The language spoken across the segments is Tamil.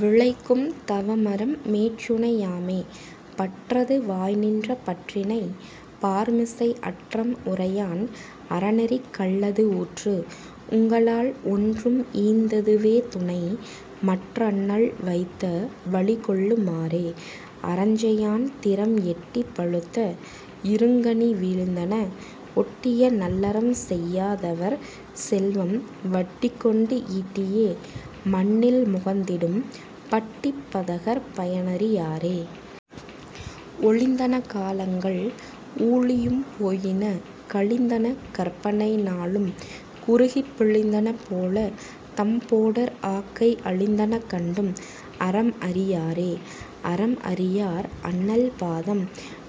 விளைக்கும் தவமறம் மேற்றுணை யாமே. பற்றது வாய்நின்ற பற்றினைப் பார்மிசை அற்றம் உரையான் அறநெறிக் கல்லது உற்று உங்களால் ஒன்றும் ஈந்தது வேதுணை மற்றண்ணல் வைத்த வழிகொள்ளு மாறே... அறஞ்செயான் திறம் எட்டி பழுத்த இருங்கனி வீழ்ந்தன ஒட்டிய நல்லறம் செய்யா தவர்செல்வம் வட்டிகொணடு ஈட்டியே மண்ணில் முகந்திடும் பட்டிப் பதகர் பயன்அறி யாரே. ஒழிந்தன காலங்கள் ஊழியும் போயின கழிந்தன கற்பனை நாளுங் குறுகிப் பிழிந்தன போலத்தம் போடர் ஆக்கை அழிந்தன கண்டும் அறம்அறி யாரே. அறம்அறி யார்அண்ணல் பாதம்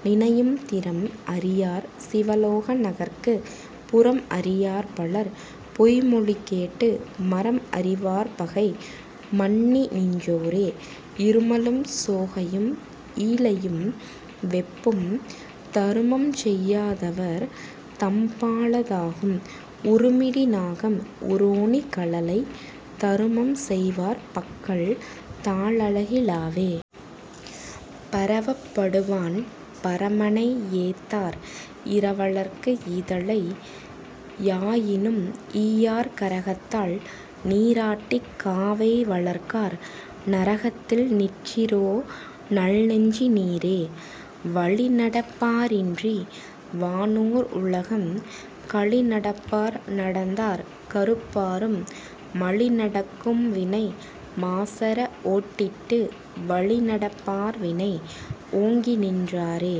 நினையுந் திறம்அறி யார்சிவ லோக நகர்க்குப் புறம்அறி யார்பலர் பொய்மொழி கேட்டு மறம்அறி வார்பகை மன்னிநின் றாரே. இருமலும் சோகையும் ஈளையும் வெப்பும் தருமஞ்செய் யாதவர் தம்பால தாகும் உருமிடி நாகம் உரோணி கழலை தருமம்செய் வார்பக்கல் தாழகி லாவே. பரவப் படுவான் பரமனை ஏத்தார் இரவலர்க்கு ஈதலை யாயினும் ஈயார் கரகத்தால் நீராட்டிக் காவை வளர்க்கார் நரகத்தில் நிற்றிரோ நல்நெஞ்சி னீரே. வழிநடப் பாரின்றி வானோர் உலகம் கழிநடப் பார்நடந் தார்கருப் பாரும் மழிநடக் கும்வினை மாசற ஓட்டிட்டு வழிநடப் பார்வினை ஓங்கிநின் றாரே.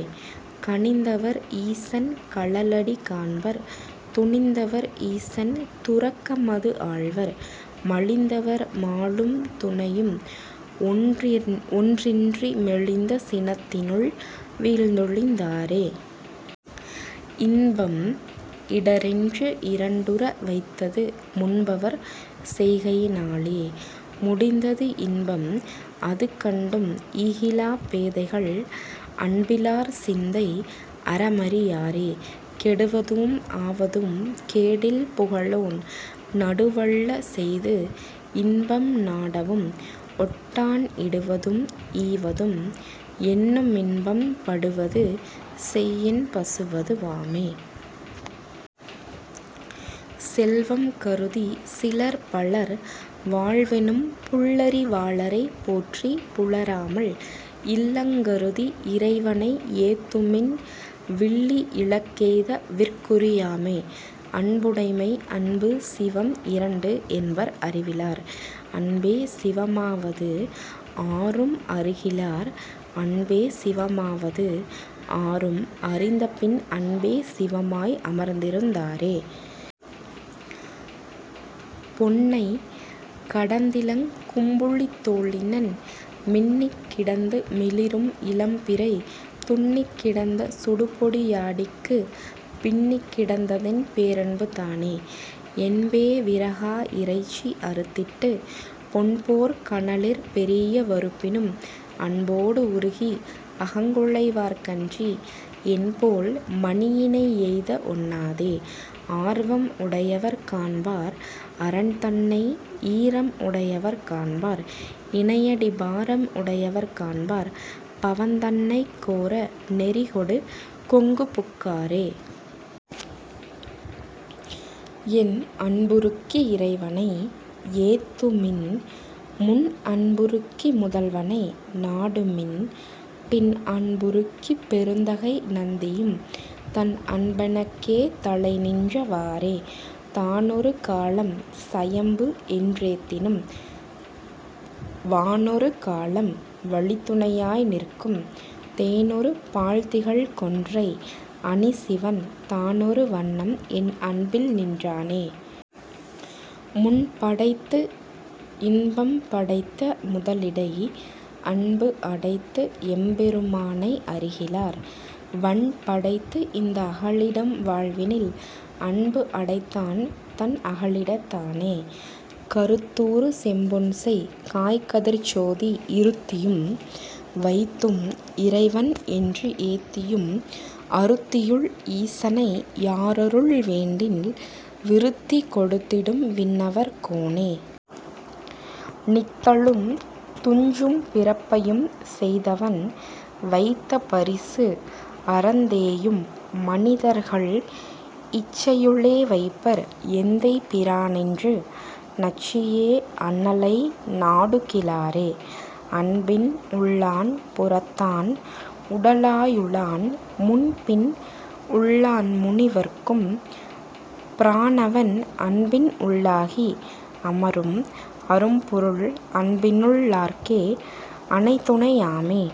கனிந்தவர் ஈசன் கழலடி காண்பர் துணிந்தவர் ஈசன் துறக்கமது ஆள்வர் மலிந்தவர் மாளும் துணையும்ஒன் றின்றி மெலிந்த சினத்தினுள் வீழ்ந்தொழிந் தாரே. இன்பம் இடரென்று இரண்டுற வைத்தது முன்பவர் செய்கையி னாலே முடிந்தது இன்பம் அதுகண்டும் ஈகிலாப் பேதைகள் அன்பிலார் சிந்தை அறமறி யாரே. கெடுவதும் ஆவதும் கேடில் புகழோன் நடுவல்ல செய்து இன்பம் நாடவும் ஒட்டான் இடுவதும் ஈவதும் எண்ணுமின் இன்பம் படுவது செய்யின் பசுவது வாமே. செல்வம் கருதிச் சிலர்பலர் வாழ்வெனும் புல்லறி வாளரைப் போற்றிப் புலராமல் இல்லங் கருதி இறைவனை ஏத்துமின் வில்லி இலக்கெய்த விற்குறி யாமே... அன்புடைமை அன்பு சிவம் இரண்டு என்பர் அறிவிலார் அன்பே சிவமாவது ஆரும் அறிகிலார் அன்பே சிவமாவது ஆரும் அறிந்தபின் அன்பே சிவமாய் அமர்ந்திருந் தாரே. பொன்னைக் கடந்திலங் கும்புலித் தோலினன் மின்னிக் கிடந்து மிளிரும் இளம்பிறை துன்னிக் கிடந்த சுடுபொடி யாடிக்குப் பின்னிக் கிடந்ததென் பேரன்பு தானே. என்பே விறகா இறைச்சி அறுத்திட்டுப் பொன்போற் கனலிற் பெரிய வறுப்பினும் அன்போடு உருகி அகங்குழை வார்க்கன்றி என்போல் மணியினை எய்தஒண் ணாதே. ஆர்வம் உடையவர் காண்பார் அரன்தன்னை ஈரம் உடையவர் காண்பார் இணையடி பாரம் உடையவர் காண்பார் பவந்தன்னைக் கோர நெறிகொடு கொங்குபுக் காரே. என்அன் புருக்கி இறைவனை ஏத்துமின் முன்அன் புருக்கி முதல்வனை நாடுமின் பின்அன் புருக்கிப் பெருந்தகை நந்தியும் தன்அன் பெனக்கே தலைநின்ற வாறே. தானொரு காலம் சயம்பு என் றேத்தினும் வானொரு காலம் வழித்துணை யாய்நிற்கும் தேனொரு பால்திகழ் கொன்றை அணிசிவன் தானொரு வண்ணம்என் அன்பில்நின் றானே. முன்படைத்து இன்பம் படைத்த முதலிடை அன்புஅடைத்து எம்பெரு மானை அறிகிலார் வன்படைத்து இந்த அகலிடம் வாழ்வினில் அன்புஅடைத் தான்தன் அகலிடத் தானே. கருத்துறு செம்பொன்செய் காய்கதிர்ச் சோதி இருத்தியும் வைத்தும் இறைவன் என்று ஏத்தியும் அருத்தியுள் ஈசனை யாரருள் வேண்டில் விருத்தி கொடுத்திடும் விண்ணவர் கோனே. நித்தலும் துஞ்சும் பிறப்பையும் செய்தவன் வைத்த பரிசு அறந் தேயும் மனிதர்கள் இச்சையு ளேவைப்பர் எந்தை பிரானென்று நச்சியே அண்ணலை நாடுகி லாரே. அன்பின் உள் ளான்புறத்தான் உட லாயுளான் முன்பின்உள் ளான்முனி வர்க்கும் பிரானவன் அன்பின்உள் ளாகி அமரும் அரும்பொருள் அன்பினுள் ளார்க்கே அணைதுணை யாமே...